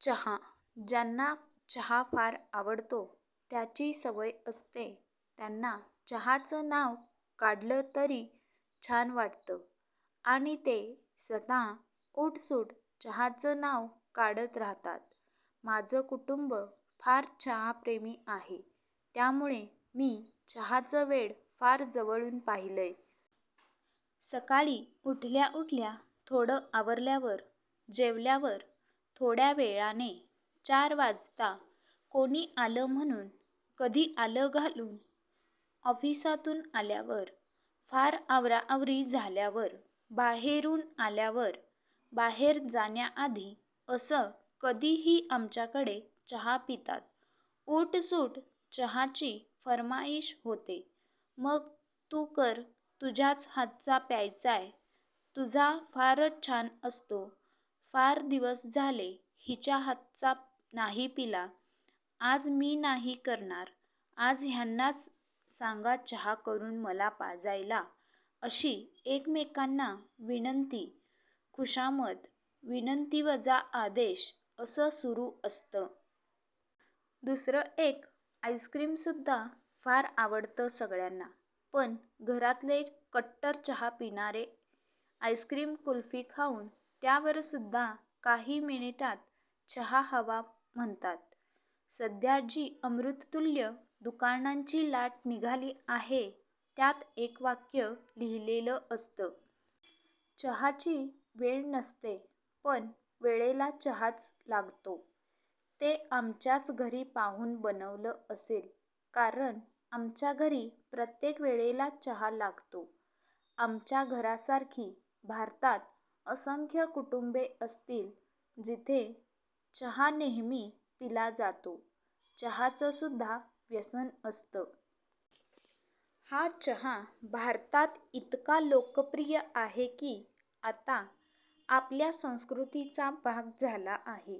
चहा. ज्यांना चहा फार आवडतो, त्याची सवय असते त्यांना चहाचं नाव काढलं तरी छान वाटतं आणि ते स्वतः उठसूट चहाचं नाव काढत राहतात. माझं कुटुंब फार चहाप्रेमी आहे, त्यामुळे मी चहाचं वेड फार जवळून पाहिलंय. सकाळी उठल्या उठल्या, थोडं आवरल्यावर, जेवल्यावर थोड्यावेळाने, चार वाजता, कोणी आलं म्हणून, कधी आलं घालून, ऑफिसातून आल्यावर, फार आवराआवरी झाल्यावर, बाहेरून आल्यावर, बाहेर जाण्याआधी असं कधीही आमच्याकडे चहा पितात. उठसूट चहाची फर्माईश होते, मग तू कर, तुझ्याच हातचा प्यायचाय, तुझा फारच छान असतो, फार दिवस झाले हिच्या हातचा नाही पिला, आज मी नाही करणार, आज ह्यांनाच सांगा चहा करून मला पाजायला, अशी एकमेकांना विनंती, खुशामत, विनंतीवजा आदेश असं सुरु असतं. दुसरं एक आईस्क्रीम सुद्धा फार आवडत सगळ्यांना पण घरातले कट्टर चहा पिणारे आईस्क्रीम कुल्फी खाऊन त्यावर सुद्धा काही मिनिटात चहा हवा म्हणतात. सध्या जी अमृततुल्य दुकानांची लाट निघाली आहे त्यात एक वाक्य लिहिलेलं असतं. चहाची वेळ नसते पण वेळेला चहाच लागतो. ते आमच्याच घरी पाहून बनवलं असेल कारण आमच्या घरी प्रत्येक वेळेला चहा लागतो. आमच्या घरासारखी भारतात असंख्य कुटुंबे असतील जिथे चहा नेहमी पिला जातो. चहाचं सुद्धा व्यसन असतं. हा चहा भारतात इतका लोकप्रिय आहे कि आता आपल्या संस्कृतीचा भाग झाला आहे.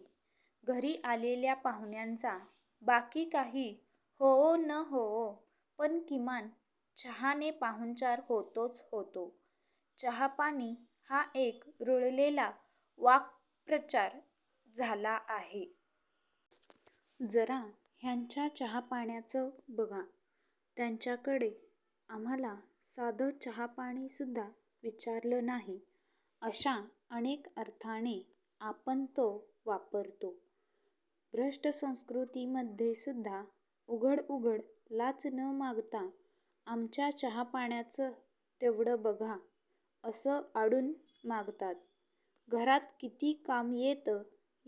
घरी आलेल्या पाहुण्यांचा बाकी काही होवो न होवो पण किमान चहाने पाहुणचार होतोच होतो. चहापाणी हा एक रुळलेला वाक्प्रचार झाला आहे. जरा ह्यांच्या चहापाण्याचं बघा, त्यांच्याकडे आम्हाला साधं चहापाणीसुद्धा विचारलं नाही अशा अनेक अर्थाने आपण तो वापरतो. भ्रष्टसंस्कृती मध्ये सुद्धा उघड उघड लाच न मागता आमच्या चहापाण्याचं तेवढं बघा असं आडून मागतात. घरात किती काम येत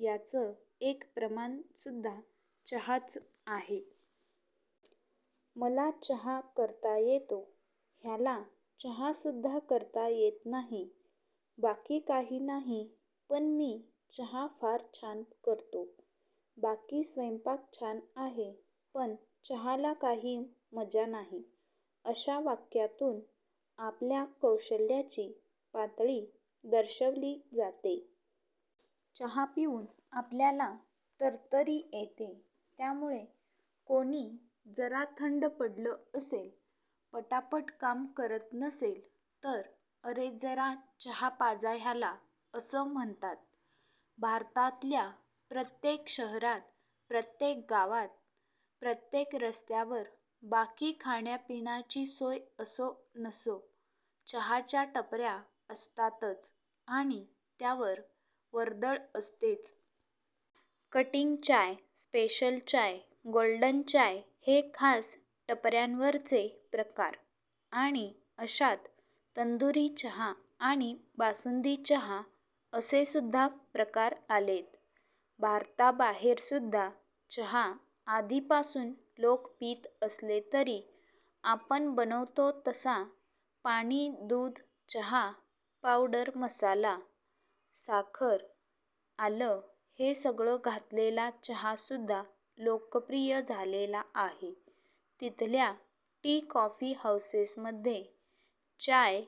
याच एक प्रमाण सुद्धा चहाच आहे. मला चहा करता येतो, ह्याला चहासुद्धा करता येत नाही, बाकी काही नाही पण मी चहा फार छान करतो, बाकी स्वयंपाक छान आहे पण चहाला काही मजा नाही, अशा वाक्यातून आपल्या कौशल्याची पातळी दर्शवली जाते. चहा पिऊन आपल्याला तरतरी येते. त्यामुळे कोणी जरा थंड पडलं असेल, पटापट काम करत नसेल तर अरे जरा चहा पाजा ह्याला असं म्हणतात. भारतातल्या प्रत्येक शहरात, प्रत्येक गावात, प्रत्येक रस्त्यावर बाकी खाण्यापिण्याची सोय असो नसो, चहाच्या टपऱ्या असतातच आणि त्यावर वर्दळ असतेच. कटिंग चाय, स्पेशल चाय, गोल्डन चाय हे खास टपऱ्यांवरचे प्रकार आणि अशात तंदुरी चहा आणि बासुंदी चहा असेसुद्धा प्रकार आलेत. भारताबाहेरसुद्धा चहा आधीपासून लोक पीत असले तरी आपण बनवतो तसा पाणी दूध चहा पावडर मसाला, साखर, आलं हे सगळं घातलेला चहा सुद्धा लोकप्रिय झालेला आहे. तिथल्या टी कॉफी हाऊसेस मध्ये चाय